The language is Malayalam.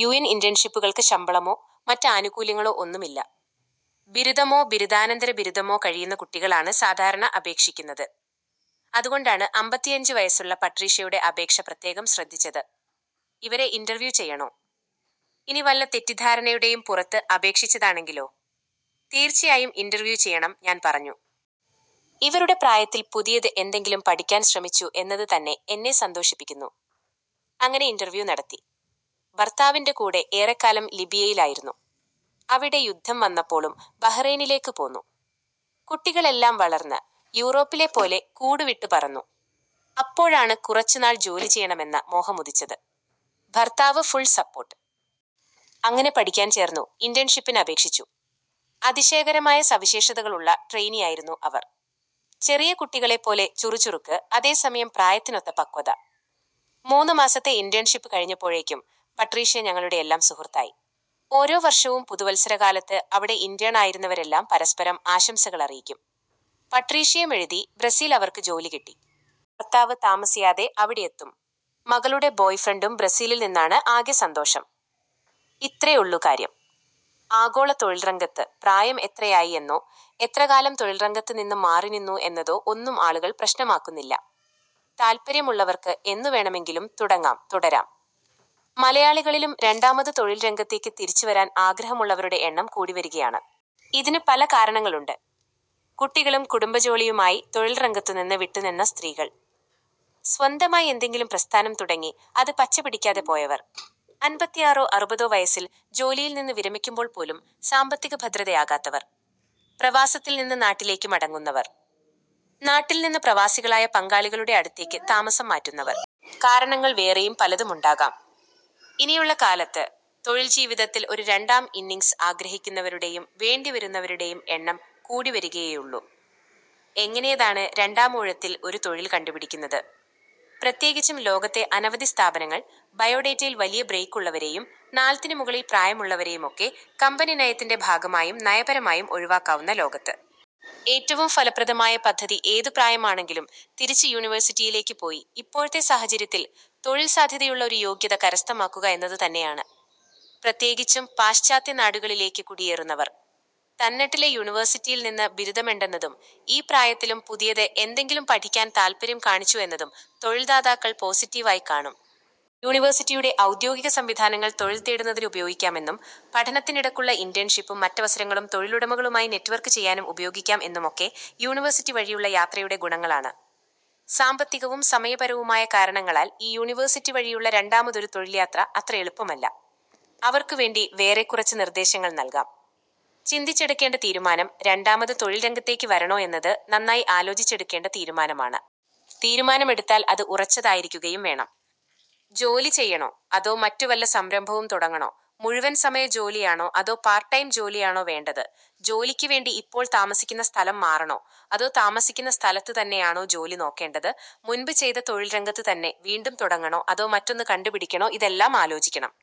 യുഎന് ഇന്റേണ്ഷിപ്പുകള്ക്ക് ശമ്പളമോ മറ്റ് ആനുകൂല്യങ്ങളോ ഒന്നുമില്ല. ബിരുദമോ ബിരുദാനന്തര ബിരുദമോ കഴിയുന്ന കുട്ടികളാണ് സാധാരണ അപേക്ഷിക്കുന്നത്. അതുകൊണ്ടാണ് അമ്പത്തിയഞ്ചു വയസ്സുള്ള പട്രീഷ്യയുടെ അപേക്ഷ പ്രത്യേകം ശ്രദ്ധിച്ചത്. 'ഇവരെ ഇന്റര്വ്യൂ ചെയ്യണോ. ഇനി വല്ല തെറ്റിദ്ധാരണയുടെയും പുറത്ത് അപേക്ഷിച്ചതാണെങ്കിലോ. ' 'തീര്ച്ചയായും ഇന്റര്വ്യൂ ചെയ്യണം'ഞാന് പറഞ്ഞു. ഇവരുടെ പ്രായത്തില് പുതിയത് എന്തെങ്കിലും പഠിക്കാന് ശ്രമിച്ചു എന്നതുതന്നെ എന്നെ സന്തോഷിപ്പിക്കുന്നു. അങ്ങനെ ഇന്റര്വ്യൂ നടത്തി. ഭര്ത്താവിന്റെ കൂടെ ഏറെക്കാലം ലിബിയയിലായിരുന്നു. അവിടെ യുദ്ധം വന്നപ്പോള് ബഹറിനിലേക്ക് പോന്നു. കുട്ടികളെല്ലാം വളര്ന്ന് യൂറോപ്പിലെ പോലെ കൂടുവിട്ട് പറന്നു. അപ്പോഴാണ് കുറച്ചുനാള് ജോലിചെയ്യണമെന്ന മോഹമുദിച്ചത്. ഭര്ത്താവ് ഫുള് സപ്പോര്ട്ട്. അങ്ങനെ പഠിക്കാന് ചേര്ന്നു, ഇന്റേണ്ഷിപ്പിന് അപേക്ഷിച്ചു. അതിശയകരമായ സവിശേഷതകളുള്ള ട്രെയിനിയായിരുന്നു അവര്. ചെറിയ കുട്ടികളെപ്പോലെ ചുറുചുറുക്ക്, അതേസമയം പ്രായത്തിനൊത്ത പക്വത. മൂന്നുമാസത്തെ ഇന്റേണ്ഷിപ്പ് കഴിഞ്ഞപ്പോഴേക്കും പട്രീഷ്യ ഞങ്ങളുടെയെല്ലാം സുഹൃത്തായി. ഓരോ വര്ഷവും പുതുവത്സരകാലത്ത് അവിടെ ഇന്റേണ് ആയിരുന്നവരെല്ലാം പരസ്പരം ആശംസകള് അറിയിക്കും. പട്രീഷ്യയും എഴുതി, ബ്രസീലില് അവര്ക്ക് ജോലി കിട്ടി. ഭര്ത്താവ് താമസിയാതെ അവിടെയെത്തും. മകളുടെ ബോയ്ഫ്രണ്ടും ബ്രസീലില് നിന്നാണ്, ആകെ സന്തോഷം. ഇത്രയേ ഉള്ളു കാര്യം. ആഗോള തൊഴില്രംഗത്ത് പ്രായം എത്രയായി എന്നോ എത്രകാലം തൊഴില്രംഗത്തു നിന്ന് മാറിനിന്നു എന്നതോ ഒന്നും ആളുകള് പ്രശ്നമാക്കുന്നില്ല. താല്പര്യമുള്ളവര്ക്ക് എന്നുവേണമെങ്കിലും തുടങ്ങാം, തുടരാം. മലയാളികളിലും രണ്ടാമത് തൊഴില് രംഗത്തേക്ക് തിരിച്ചുവരാന് ആഗ്രഹമുള്ളവരുടെ എണ്ണം കൂടിവരികയാണ്. ഇതിന് പല കാരണങ്ങളുണ്ട്.. കുട്ടികളും കുടുംബജോലിയുമായി തൊഴില്രംഗത്തുനിന്ന് വിട്ടുനിന്ന സ്ത്രീകള്.. സ്വന്തമായി എന്തെങ്കിലും പ്രസ്ഥാനം തുടങ്ങി അത് പച്ചപിടിക്കാതെ പോയവര്.. അന്പത്തിയാറോ അറുപതോ വയസ്സില് ജോലിയില് നിന്ന് വിരമിക്കുമ്പോള് പോലും സാമ്പത്തികഭദ്രത ആകാത്തവര്.. പ്രവാസത്തില് നിന്ന് നാട്ടിലേക്ക് മടങ്ങുന്നവര്.. നാട്ടില് നിന്ന് പ്രവാസികളായ പങ്കാളികളുടെ അടുത്തേക്ക് താമസം മാറ്റുന്നവര്. കാരണങ്ങള് വേറെയും പലതുമുണ്ടാകാം. ഇനിയുള്ള കാലത്ത് തൊഴില്ജീവിതത്തില് ഒരു രണ്ടാം ഇന്നിംഗ്സ് ആഗ്രഹിക്കുന്നവരുടെയും വേണ്ടിവരുന്നവരുടെയും എണ്ണം കൂടിവരികയേയുള്ളു. എങ്ങനെയാണ് രണ്ടാമൂഴത്തില് ഒരു തൊഴില് കണ്ടുപിടിക്കുന്നത്. പ്രത്യേകിച്ചും ലോകത്തെ അനവധി സ്ഥാപനങ്ങള് ബയോഡേറ്റയില് വലിയ ബ്രേക്ക് ഉള്ളവരെയും, നാല്പതിനു മുകളില് പ്രായമുള്ളവരെയും ഒക്കെ കമ്പനിനയത്തിന്റെ ഭാഗമായും നയപരമായും ഒഴിവാക്കാവുന്ന ലോകത്ത്. ഏറ്റവും ഫലപ്രദമായ പദ്ധതി ഏതു പ്രായമാണെങ്കിലും തിരിച്ച് യൂണിവേഴ്സിറ്റിയിലേക്ക് പോയി ഇപ്പോഴത്തെ സാഹചര്യത്തില് തൊഴില് സാധ്യതയുള്ള ഒരു യോഗ്യത കരസ്ഥമാക്കുക എന്നത് തന്നെയാണ്. പ്രത്യേകിച്ചും പാശ്ചാത്യനാടുകളിലേക്ക് കുടിയേറുന്നവര്. തന്നാട്ടിലെ യൂണിവേഴ്സിറ്റിയില് നിന്ന് ബിരുദമെണ്ടെന്നതും ഈ പ്രായത്തിലും പുതിയത് എന്തെങ്കിലും പഠിക്കാന് താല്പര്യം കാണിച്ചു എന്നതും തൊഴില്ദാതാക്കള് പോസിറ്റിവായി കാണും. യൂണിവേഴ്സിറ്റിയുടെ ഔദ്യോഗിക സംവിധാനങ്ങള് തൊഴില് തേടുന്നതിന് ഉപയോഗിക്കാമെന്നതും, പഠനത്തിനിടക്കുള്ള ഇന്റേണ്ഷിപ്പും മറ്റവസരങ്ങളും തൊഴില്ദാതാക്കളുമായി നെറ്റ്വര്ക്ക് ചെയ്യാനുപയോഗിക്കാം എന്നതുമൊക്കെ യൂണിവേഴ്സിറ്റി വഴിയുള്ള യാത്രയുടെ ഗുണങ്ങളാണ്. സാമ്പത്തികവും സമയപരവുമായ കാരണങ്ങളാല് ഈ യൂണിവേഴ്സിറ്റി വഴിയുള്ള രണ്ടാം തൊഴില്യാത്ര അത്ര എളുപ്പമല്ല. അവര്ക്ക് വേണ്ടി വേറെ കുറച്ച് നിര്ദ്ദേശങ്ങള് നല്കാം. ചിന്തിച്ച് എടുക്കേണ്ട തീരുമാനം രണ്ടാമത് തൊഴില്രംഗത്തേക്ക് വരണോ എന്നത് നന്നായി ആലോചിച്ചെടുക്കേണ്ട തീരുമാനമാണ്. തീരുമാനമെടുത്താല് അത് ഉറച്ചതായിരിക്കുകയും വേണം. ജോലി ചെയ്യണോ, അതോ മറ്റു വല്ല സംരംഭവും തുടങ്ങണോ, മുഴുവന് സമയ ജോലിയാണോ അതോ പാര്ട്ട് ടൈം ജോലിയാണോ വേണ്ടത്, ജോലിക്കു വേണ്ടി ഇപ്പോള് താമസിക്കുന്ന സ്ഥലം മാറണോ അതോ താമസിക്കുന്ന സ്ഥലത്തു തന്നെയാണോ ജോലി നോക്കേണ്ടത്, മുന്പ് ചെയ്ത തൊഴില്രംഗത്തു തന്നെ വീണ്ടും തുടങ്ങണോ, അതോ മറ്റൊന്ന് കണ്ടുപിടിക്കണോ ഇതെല്ലാം ആലോചിക്കണം.